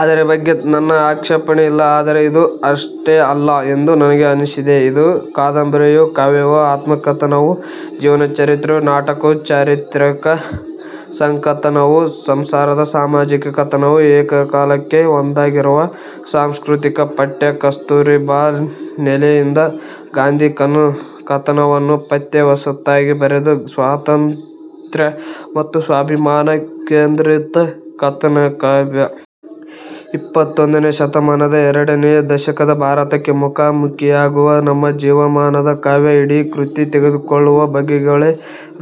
ಅದರ ಬಗ್ಗೆ ನನ್ನ ಆಕ್ಷೇಪಣೆ ಇಲ್ಲ. ಆದರೆ ಇದು ಅಷ್ಟೇ ಅಲ್ಲ ಎಂದು ನನಗೆ ಅನ್ನಿಸಿದೆ. ಇದು ಕಾದಂಬರಿಯೂ, ಕಾವ್ಯವೂ, ಆತ್ಮಕಥನವೂ, ಜೀವನ ಚರಿತ್ರೆಯೂ, ನಾಟಕವೂ, ಚಾರಿತ್ರಿಕ ಸಂಕಥನವೂ, ಸಂಸಾರದ ಸಾಮಾಜಿಕ ಕಥನವೂ, ಏಕಕಾಲಕ್ಕೆ ಒಂದಾಗಿರುವ ಸಾಂಸ್ಕೃತಿಕ ಪಠ್ಯ. ಕಸ್ತೂರ್ ಬಾ ನೆಲೆಯಿಂದ ಗಾಂಧಿ ಕಥನವನ್ನು ಮತ್ತೆ ಹೊಸತಾಗಿ ಬರೆದ ಸ್ವಾತಂತ್ರ್ಯ ಮತ್ತು ಸ್ವಾಭಿಮಾನ ಕೇಂದ್ರಿತ ಕಥನಕಾವ್ಯ. ಇಪ್ಪತ್ತೊಂದನೇ ಶತಮಾನದ ಎರಡನೆಯ ದಶಕದ ಭಾರತಕ್ಕೆ ಮುಖಾಮುಖಿಯಾಗುವ ನಮ್ಮ ಜೀವಮಾನದ ಕಾವ್ಯ. ಇಡೀ ಕೃತಿ ತೆರೆದುಕೊಳ್ಳುವ ಬಗೆಗಳೇ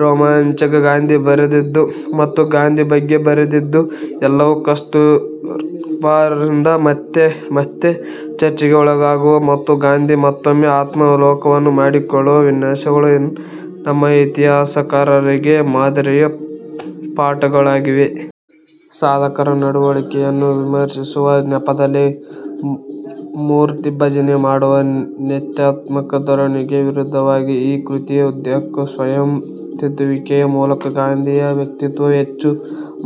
ರೋಮಾಂಚಕ. ಗಾಂಧಿ ಬರೆದದ್ದು ಮತ್ತು ಗಾಂಧಿ ಬಗ್ಗೆ ಬರೆದದ್ದು ಎಲ್ಲವೂ ಕಸ್ತೂರ್ ಬಾ ರಿಂದ ಮತ್ತೆ ಮತ್ತೆ ಚರ್ಚೆಗೆ ಒಳಗಾಗುವ ಮತ್ತು ಗಾಂಧಿ ಮತ್ತೊಮ್ಮೆ ಆತ್ಮಾವಲೋಕನ ಮಾಡಿಕೊಳ್ಳುವ ವಿನ್ಯಾಸಗಳು ನಮ್ಮ ಇತಿಹಾಸಕಾರರಿಗೆ ಮಾದರಿಯ ಪಾಠಗಳಾಗಿವೆ. ಸಾಧಕರ ನಡವಳಿಕೆಗಳನ್ನು ವಿಮರ್ಶಿಸುವ ನೆಪದಲ್ಲಿ ಮೂರ್ತಿಭಂಜನೆ ಮಾಡುವ ನೇತ್ಯಾತ್ಮಕ ಧೋರಣೆಗೆ ವಿರುದ್ಧವಾಗಿ ಈ ಕೃತಿಯ ಉದ್ದಕ್ಕೂ ಸ್ವಯಂ ತಿದ್ದುವಿಕೆಯ ಮೂಲಕ ಗಾಂಧಿಯ ವ್ಯಕ್ತಿತ್ವ ಹೆಚ್ಚು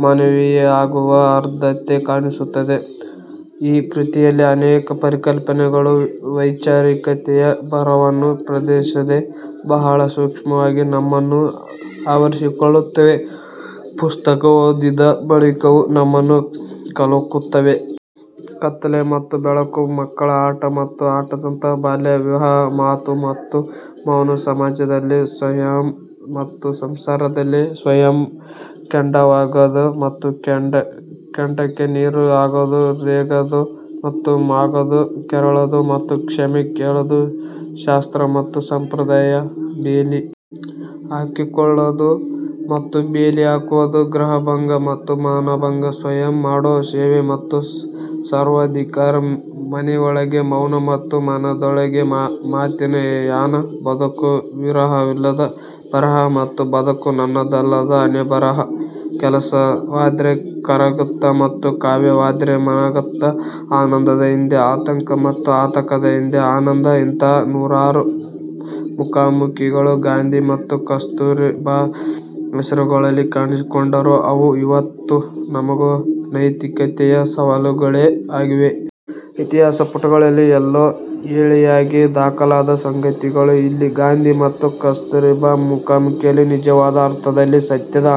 ಮಾನವೀಯವಾಗುವ ಆರ್ದ್ರತೆ ಕಾಣಿಸುತ್ತದೆ. ಈ ಕೃತಿಯಲ್ಲಿ ಅನೇಕ ಪರಿಕಲ್ಪನೆಗಳು ವೈಚಾರಿಕತೆಯ ಭಾರವನ್ನು ಪ್ರದರ್ಶಿಸದೆ, ಬಹಳ ಸೂಕ್ಷ್ಮವಾಗಿ ನಮ್ಮನ್ನು ಆವರಿಸಿಕೊಳ್ಳುತ್ತವೆ ಪುಸ್ತಕ ಓದಿದ ಬಳಿಕವೂ ನಮ್ಮನ್ನು ಕಲಕುತ್ತವೆ. ಕತ್ತಲೆ ಮತ್ತು ಬೆಳಕು, ಮಕ್ಕಳ ಆಟ ಮತ್ತು ಆಟದಂತಹ ಬಾಲ್ಯ ವಿವಾಹ, ಮಾತು ಮತ್ತು ಮೌನ, ಸಮಾಜದಲ್ಲಿ ಸಂಯಮ ಮತ್ತು ಸಂಸಾರದಲ್ಲಿ ಸಂಯಮ, ಕೆಂಡವಾಗೋದು ಮತ್ತು ಕೆಂಡಕೆ ನೀರು ಆಗೋದು, ರೇಗೋದು ಮತ್ತು ಮಾಗೋದು, ಕೆರಳೋದು ಮತ್ತು ಕ್ಷಮೆ ಕೇಳೋದು, ಶಾಸ್ತ್ರ ಮತ್ತು ಸಂಪ್ರದಾಯ, ಬೇಲಿ ಹಾಕ್ಕೊಳ್ಳೋದು ಮತ್ತು ಬೇಲಿ ಹಾಕುವುದು, ಗೃಹಭಂಗ ಮತ್ತು ಮನಭಂಗ, ಸ್ವಯಂ ಮಾಡೋ ಸೇವೆ ಮತ್ತು ಸರ್ವಾಧಿಕಾರ, ಮನೆಯೊಳಗೆ ಮೌನ ಮತ್ತು ಮನದೊಳಗೆ ಮಾತಿನ ಯಾನ, ಬದುಕು ವಿರಹವಿಲ್ಲದ ಬರಹ ಮತ್ತು ಬದುಕು ನನ್ನದಲ್ಲದ ಹಣೆಬರಹ, ಕೆಲಸವಾದ್ರೆ ಕರಗತ ಮತ್ತು ಕಾವ್ಯವಾದ್ರೆ ಮನಗತ, ಆನಂದದ ಹಿಂದೆ ಆತಂಕ ಮತ್ತು ಆತಂಕದ ಹಿಂದೆ ಆನಂದ: ಇಂತಹ ನೂರಾರು ಮುಖಾಮುಖಿಗಳು ಗಾಂಧಿ ಮತ್ತು ಕಸ್ತೂರ್ ಬಾ ಹೆಸರುಗಳಲ್ಲಿ ಕಾಣಿಸಿಕೊಂಡರೂ, ಅವು ಇವತ್ತೂ ನಮಗೆ ನೈತಿಕತೆಯ ಸವಾಲುಗಳೇ ಆಗಿವೆ. ಇತಿಹಾಸ ಪುಟಗಳಲ್ಲಿ ಎಲ್ಲೋ ಎಳೆಯಾಗಿ ದಾಖಲಾದ ಸಂಗತಿಗಳು ಇಲ್ಲಿ ಗಾಂಧಿ ಮತ್ತು ಕಸ್ತೂರ್ ಬಾ ಮುಖಾಮುಖಿಯಲ್ಲಿ ನಿಜವಾದ ಅರ್ಥದಲ್ಲಿ 'ಸತ್ಯದ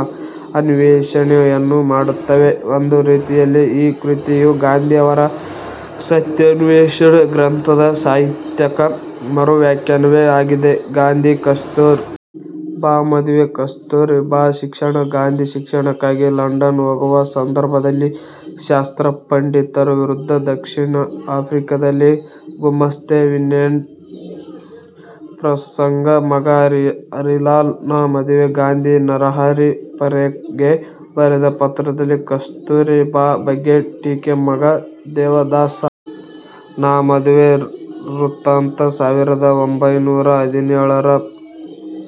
ಅನ್ವೇಷಣೆ 'ಯನ್ನು ಮಾಡುತ್ತವೆ. ಒಂದು ರೀತಿಯಲ್ಲಿ ಈ ಕೃತಿಯು ಗಾಂಧಿ ಅವರ 'ಸತ್ಯಾನ್ವೇಷಣೆ ' ಗ್ರಂಥದ ಸಾಹಿತ್ಯಕ ಮರು ವ್ಯಾಖ್ಯಾನವೇ ಆಗಿದೆ. ಗಾಂಧಿ ಕಸ್ತೂರ್ ಬಾ ಮದುವೆ, ಕಸ್ತೂರ್ ಬಾ ಶಿಕ್ಷಣ, ಗಾಂಧಿ ಶಿಕ್ಷಣಕ್ಕಾಗಿ ಲಂಡನ್ ಹೋಗುವ ಸಂದರ್ಭದಲ್ಲಿ ಶಾಸ್ತ್ರಪಂಡಿತರ ವಿರೋಧ, ದಕ್ಷಿಣ ಆಫ್ರಿಕದಲ್ಲಿ ಗುಮಾಸ್ತೆ ವಿನ್ಸೆಂಟ್ ಪ್ರಸಂಗ, ಮಗ ಹರಿಲಾಲ್ ನ ಮದುವೆ, ಗಾಂಧಿ ನರಹರಿ ಪಾರೇಖ್ ಗೆ ಬರೆದ ಪತ್ರದಲ್ಲಿ ಕಸ್ತೂರ್ ಬಾ ಬಗ್ಗೆ ಟೀಕೆ, ಮಗ ದೇವದಾಸ್ ನ ಮದುವೆ ವೃತ್ತಾಂತ, ಸಾವಿರದ ಒಂಭೈನೂರ ಹದಿನೇಳರ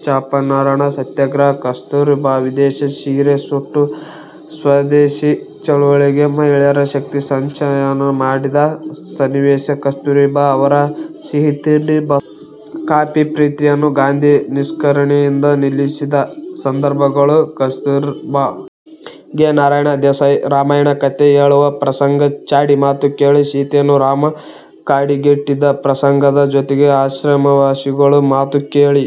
ಚಂಪಾರಣ ಸತ್ಯಾಗ್ರಹ, ಕಸ್ತೂರ್ ಬಾ ವಿದೇಶಿ ಸೀರೆ ಸುಟ್ಟು ಸ್ವದೇಶಿ ಚಳುವಳಿಗೆ ಮಹಿಳೆಯರ ಶಕ್ತಿ ಸಂಚಯನ ಮಾಡಿದ ಸನ್ನಿವೇಶ, ಕಸ್ತೂರ್ ಬಾ ಅವರ ಸಿಹಿತಿಂಡಿ ಮತ್ತು ಕಾಫಿ ಪ್ರೀತಿಯನ್ನು ಗಾಂಧಿ ನಿಷ್ಕರುಣೆಯಿಂದ ನಿಲ್ಲಿಸಿದ ಸಂದರ್ಭಗಳು, ಕಸ್ತೂರ್ ಬಾ ಗೆ ನಾರಾಯಣ ದೇಸಾಯಿ ರಾಮಾಯಣ ಕಥೆ ಹೇಳುವ ಪ್ರಸಂಗ, ಚಾಡಿ ಮಾತು ಕೇಳಿ ಸೀತೆಯನ್ನು ರಾಮ ಕಾಡಿಗಟ್ಟಿದ ಪ್ರಸಂಗದ ಜೊತೆಗೆ ಆಶ್ರಮವಾಸಿಗಳ ಮಾತು ಕೇಳಿ